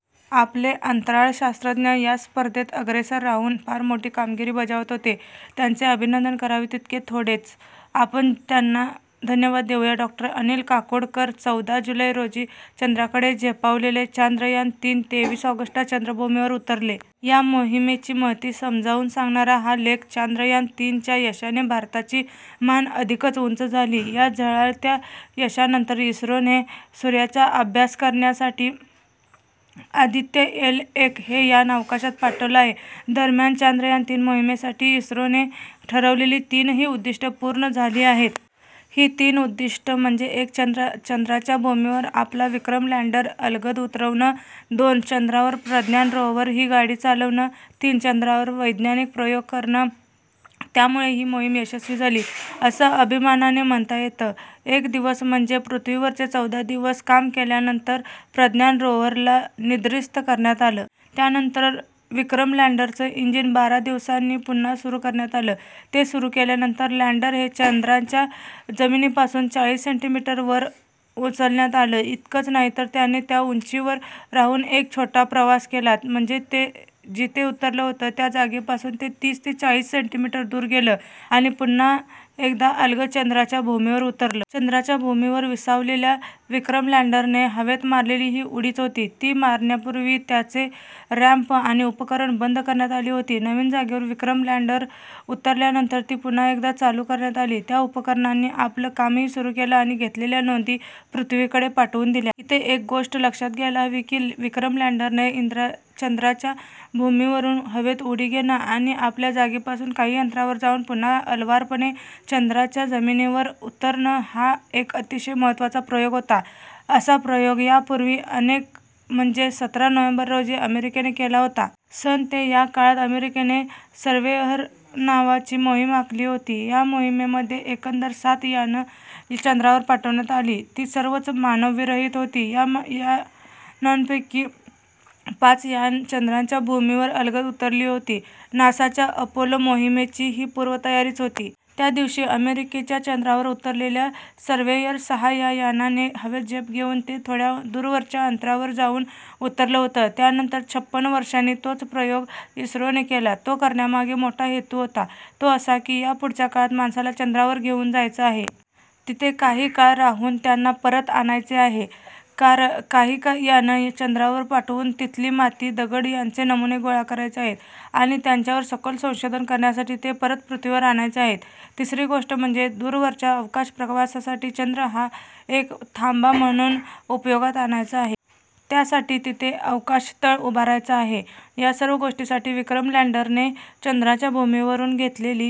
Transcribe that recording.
आपले अंतराळ शास्त्रज्ञ यास्पर्धेत अग्रेसर राहून फार मोठी कामगिरी बजावत होते. त्यांचे अभिनंदन करावे तितके थोडेच. आपण त्यांना धन्यवाद देऊया! डॉ. अनिल काकोडकर चौदा जुलै रोजी चंद्राकडे झेपावलेले चांद्रयान-तीन तेवीस ऑगस्टला चंद्रभूमीवर उतरले. या मोहिमेची महती समजावून सांगणारा हा लेख- चांद्रयान- तीन च्या यशाने भारताची मान अधिकच उंच झाली आहे. या झळाळत्या यशानंतर इस्रोने सूर्याचा अभ्यासकरण्यासाठी आदित्य एल एक हे यान अवकाशात पाठवलं आहे. दरम्यान, चांद्रयान-तीन मोहिमेसाठी इस्रोने ठरवलेली तीनही उद्दिष्टं पूर्ण झाली आहेत. ही तीन उद्दिष्टं म्हणजे एक. चंद्राच्या भूमीवर आपला विक्रम लँडर अलगद उतरवणं. दोन. चंद्रावर प्रज्ञान रोव्हर ही गाडी चालवणं. तीन. चंद्रावर वैज्ञानिक प्रयोग करणं; त्यामुळे ही मोहीम यशस्वी झाली, असं अभिमानाने म्हणता येतं. एक दिवस म्हणजे पृथ्वीवरचे चौदा दिवस, काम केल्यानंतर प्रज्ञान रोव्हरला निद्रिस्त करण्यात आलं. त्यानंतर विक्रम लँडरचं इंजिन बारा दिवसांनीपुन्हा सुरू करण्यात आलं. ते सुरू केल्यानंतर लँडर हे चंद्राच्या जमिनीपासून चाळीस सेंमी वर उचलण्यात आलं. इतकंच नाही, तर त्याने त्या उंचीवर राहून एक छोटाप्रवास केला. म्हणजे ते जिथे उतरलं होतं, त्या जागेपासून ते तीस ते चाळीस सेंमी दूर गेलं आणिपुन्हा एकदा अलगद चंद्राच्या भूमीवर उतरलं. चंद्राच्या भूमीवर विसावलेल्या विक्रमलँडरने हवेत मारलेली ही उडीच होती. ती मारण्यापूर्वीत्याचे रॅम्प आणि उपकरणं बंद करण्यात आली होती. नवीन जागेवर विक्रम लँडरउतरल्यानंतर ती पुन्हा एकदा चालू करण्यात आली. त्या उपकरणांनी आपलं कामही सुरू केलंआणि घेतलेल्या नोंदी पृथ्वीकडे पाठवून दिल्या. इथे एक गोष्ट लक्षात घ्यायला हवी, की विक्रमलँडरने चंद्राच्या भूमीवरून हवेत उडी घेणं आणि आपल्याजागेपासून काही अंतरावर जाऊन पुन्हा अलवारपणे चंद्राच्या जमिनीवर उतरणंहा एक अतिशय महत्त्वाचा प्रयोग होता. असा प्रयोग यापूर्वी, म्हणजे सतरा नोव्हेंबर रोजी, अमेरिकेने केला होता. सन ते या काळात अमेरिकेने स्वर्हेअर नावाची मोहीम आखली होती. या मोहिमेमध्ये एकंदर सात यानं चंद्रावर पाठविण्यात आली. ती सर्वच मानवविरहित होती. या यानांपैकी पाच यानं चंद्राच्या भूमीवर अलगद उतरली होती. नासाच्या अपोलो मोहिमेची ही पूर्वतयारीच होती! त्या दिवशी अमेरिकेच्या चंद्रावर उतरलेल्या सर्व्हेयर-सहा या यानाने हवेत झेप घेऊन ते थोड्या दूरवरच्या अंतरावर जाऊन उतरलं होतं. त्यानंतर छप्पन वर्षांनी तोच प्रयोग इस्रोने केला. तो करण्यामागे मोठा हेतू होता. तो असा की, या पुढच्या काळात माणसाला चंद्रावर घेऊन जायचं आहे. तिथे काही काळ राहून त्यांना परत आणायचं आहे. काही यानं चंद्रावर पाठवून तिथली माती, दगड यांचे नमुने गोळा करायचे आहेत आणि त्यांच्यावर सखोल संशोधन करण्यासाठी ते परत पृथ्वीवर आणायचे आहेत. तिसरी गोष्ट म्हणजे दूरवरच्या अवकाश प्रवासासाठी चंद्र हा एक थांबा म्हणून उपयोगात आणायचा आहे. त्यासाठी तिथे अवकाशतळ उभारायचा आहे. या सर्व गोष्टींसाठी विक्रम लँडरने चंद्राच्या भूमीवरून घेतलेली